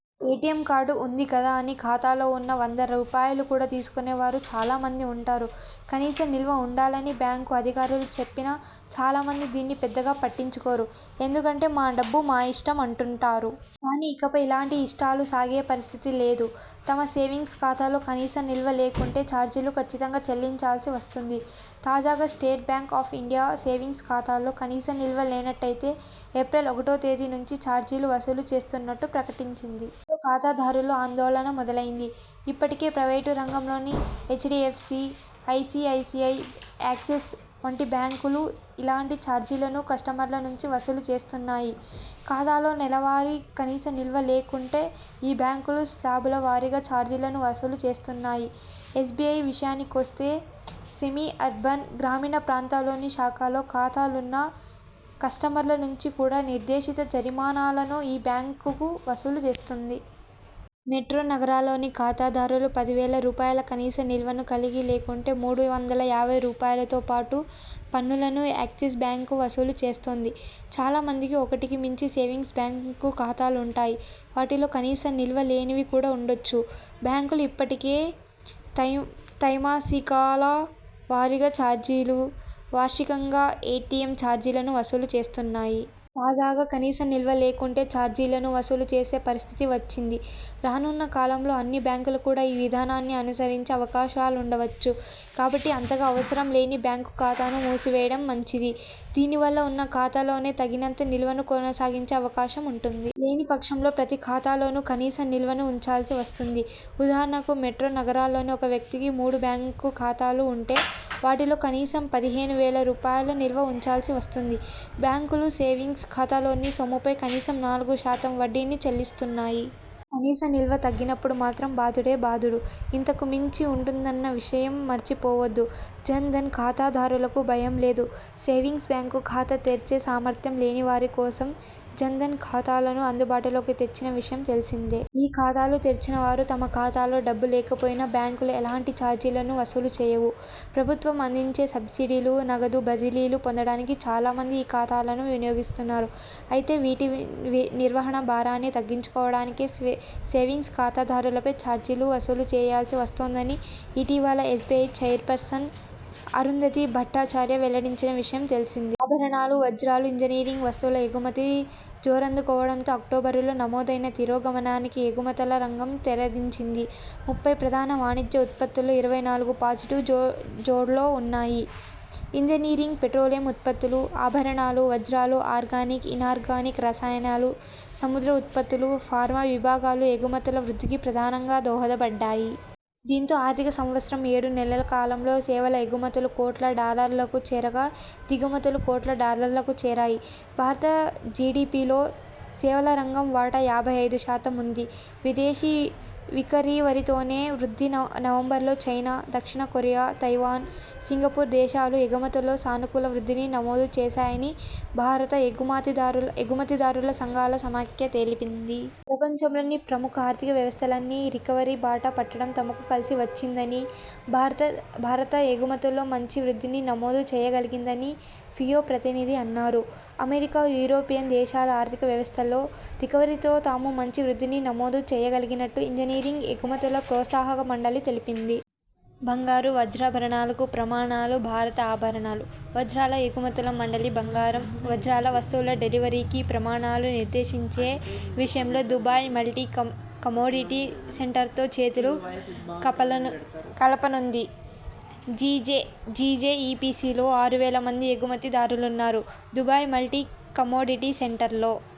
ఎ T M card ఉంది కదా అని ఖాతాలో ఉన్న వంద రూపాయలు కూడా తీసుకునే వారు చాలా మంది ఉంటారు. కనీస నిల్వ ఉండాలని బ్యాంకు అధికారులు చెప్పినా చాలా మంది దీన్ని పెద్దగా పట్టించుకోరు. ఎందుకంటే మా డబ్బు మా ఇష్టం అంటుంటారు. కానీ ఇకపై ఇలాంటి ఇష్టాలు సాగే పరిస్థితి లేదు. తమ సేవింగ్స్ ఖాతాలో కనీస నిల్వ లేకుంటే చార్జీలు కచ్చితంగా చెల్లించాల్సి వస్తుంది. తాజాగా state bank of India savings ఖాతాల్లో కనీస నిల్వ లేనట్టయితే ఏప్రిల్ ఒకటో తేదీ నుంచి చార్జీలు వసూలు చేయనున్నట్టు ప్రకటించింది. దీంతో ఖాతాదారుల్లో ఆందోళన మొదలైంది. ఇప్పటికే ప్రైవేటు రంగంలోని హెచ్.డి.ఎఫ్.సి, ఐ.సి.ఐ.సి.ఐ, యాక్సిస్ వంటి బ్యాంకులు ఇలాంటి చార్జీలను కస్టమర్ల నుంచి వసూలు చేస్తున్నాయి. ఖాతాలో నెలవారీ కనీస నిల్వ లేకుంటే ఈ బ్యాంకులు స్లాబుల వారీగా చార్జీలను వసూలు చేస్తున్నాయి. ఎస్బిఐ విషయానికొస్తే, సెమీ అర్బన్, గ్రామీణ ప్రాంతాల్లోని శాఖల్లో ఖాతాలున్న కస్టమర్ల నుంచి కూడా నిర్దేశిత జరిమానాలను ఈ బ్యాంకు వసూలు చేస్తోంది. మెట్రో నగరాల్లోని ఖాతాదారులు పది వేల రూపాయల కనీస నిల్వను కలిగి లేకుంటే మూడు వందల యాభై రూపాయలతోపాటు పన్నులను యాక్సిస్ బ్యాంకు వసూలు చేస్తోంది. చాలా మందికి ఒకటికి మించి సేవింగ్స్ బ్యాంకు ఖాతాలుంటాయి. వాటిలో కనీస నిల్వ లేనివి కూడా ఉండొచ్చు. బ్యాంకులు ఇప్పటికే త్రైమాసికాల వారీగా చార్జీలు, వార్షికంగా ఎ టి ఎం చార్జీలను వసూలు చేస్తున్నాయి. తాజాగా కనీస నిల్వ లేకుంటే చార్జీలను వసూలు చేసే పరిస్థితి వచ్చింది. రానున్న కాలంలో అన్ని బ్యాంకులు కూడా ఈ విధానాన్ని అనుసరించే అవకాశాలుండవచ్చు. కాబట్టి అంతగా అవసరం లేని బ్యాంకు ఖాతాను మూసివేయడం మంచిది. దీని వల్ల ఉన్న ఖాతాలోనే తగినంత నిల్వను కొనసాగించే అవకాశం ఉంటుంది. లేని పక్షంలో ప్రతి ఖాతాలోనూ కనీస నిల్వను ఉంచాల్సి వస్తుంది. ఉదాహరణకు మెట్రో నగరాల్లోని ఒక వ్యక్తికి మూడు బ్యాంకు ఖాతాలు ఉంటే.. వాటిలో కనీసం పదిహేను వేల రూపాయల నిల్వ ఉంచాల్సి వస్తుంది. బ్యాంకులు సేవింగ్స్ ఖాతాలోని సొమ్ముపై కనీసం నాలుగు శాతం వడ్డీని చెల్లిస్తున్నాయి. కానీ కనీస నిల్వ తగ్గినప్పుడు మాత్రం బాదుడే బాదుడు, ఇంతకు మించి ఉంటుందన్న విషయం మరిచి పోవొద్దు. జన్ ధన్ ఖాతాదారులకు భయం లేదు. సేవింగ్స్ బ్యాంకు ఖాతా తెరిచే సామర్థ్యం లేని వారి కోసం జన్ ధన్ ఖాతాలను అందుబాటులోకి తెచ్చిన విషయం తెలిసిందే. ఈ ఖాతాలు తెరిచిన వారు తమ ఖాతాలో డబ్బు లేకపోయినా బ్యాంకులు ఎలాంటి చార్జీలను వసూలు చేయవు. ప్రభుత్వం అందించే సబ్సిడీలు, నగదు బదిలీలు పొందడానికి చాలా మంది ఈ ఖాతాలను వినియోగిస్తున్నారు. అయితే వీటి నిర్వహణ భారాన్ని తగ్గించుకోవడానికే సేవింగ్స్ ఖాతాదారులపై చార్జీలు వసూలు చేయాల్సి వస్తోందని ఇటీవల ఎస్బిఐ చైర్పర్సన్ అరుంధతీ భట్టాచార్య వెల్లడించిన విషయం తెలిసిందే. ఆభరణాలు, వజ్రాలు, ఇంజనీరింగ్ వస్తువుల ఎగుమతి జోరందుకోవడంతో అక్టోబరులో నమోదైన తిరోగమనానికి ఎగుమతుల రంగం తెరదించింది. ముప్పై ప్రధాన వాణిజ్య ఉత్పత్తుల్లో ఇరవై నాలుగు పాజిటివ్ జోడ్లో ఉన్నాయి. ఇంజనీరింగ్, పెట్రోలియం ఉత్పత్తులు, ఆభరణాలు, వజ్రాలు, ఆర్గానిక్, ఇనార్గానిక్ రసాయనాలు, సముద్ర ఉత్పత్తులు, ఫార్మా విభాగాలు ఎగుమతుల వృద్ధికి ప్రధానంగా దోహదపడ్డాయి. దీంతో ఆర్థిక సంవత్సరం ఏడు నెలల కాలంలో సేవల ఎగుమతులు కోట్ల డాలర్లకు చేరగా దిగుమతులు కోట్ల డాలర్లకు చేరాయి. భారత జిడిపిలో సేవల రంగం వాటా యాభై ఐదు శాతం ఉంది. విదేశీ రికవరీతోనే వృద్ధి నవంబరులో చైనా, దక్షిణ కొరియా, తైవాన్, సింగపూర్ దేశాలు ఎగుమతుల్లో సానుకూల వృద్ధిని నమోదు చేశాయని భారత ఎగుమతిదారుల సంఘాల సమాఖ్య తెలిపింది. ప్రపంచంలోని ప్రముఖ ఆర్థిక వ్యవస్థలన్నీ రికవరీ బాట పట్టడం తమకు కలిసి వచ్చిందని, భారత్ ఎగుమతుల్లో మంచి వృద్ధిని నమోదు చేయగలిగిందని ఫియో ప్రతినిధి అన్నారు. అమెరికా, యూరోపియన్ దేశాల ఆర్థిక వ్యవస్థల్లో రికవరీతో తాము మంచి వృద్ధిని నమోదు చేయగలిగినట్టు ఇంజనీరింగ్ ఎగుమతుల ప్రోత్సాహక మండలి తెలిపింది. బంగారు, వజ్రాభరణాలకు ప్రమాణాలు భారత ఆభరణాలు, వజ్రాల ఎగుమతుల మండలి బంగారం, వజ్రాల వస్తువుల డెలివరీకి ప్రమాణాలు నిర్దేశించే విషయంలో దుబాయ్ మల్టీ కమోడిటీ సెంటర్తో చేతులు కలపనుంది. G J E P C లో ఆరు వేల మంది ఎగుమతి దారులున్నారు. దుబాయ్ మల్టీ కమోడిటీ సెంటర్లో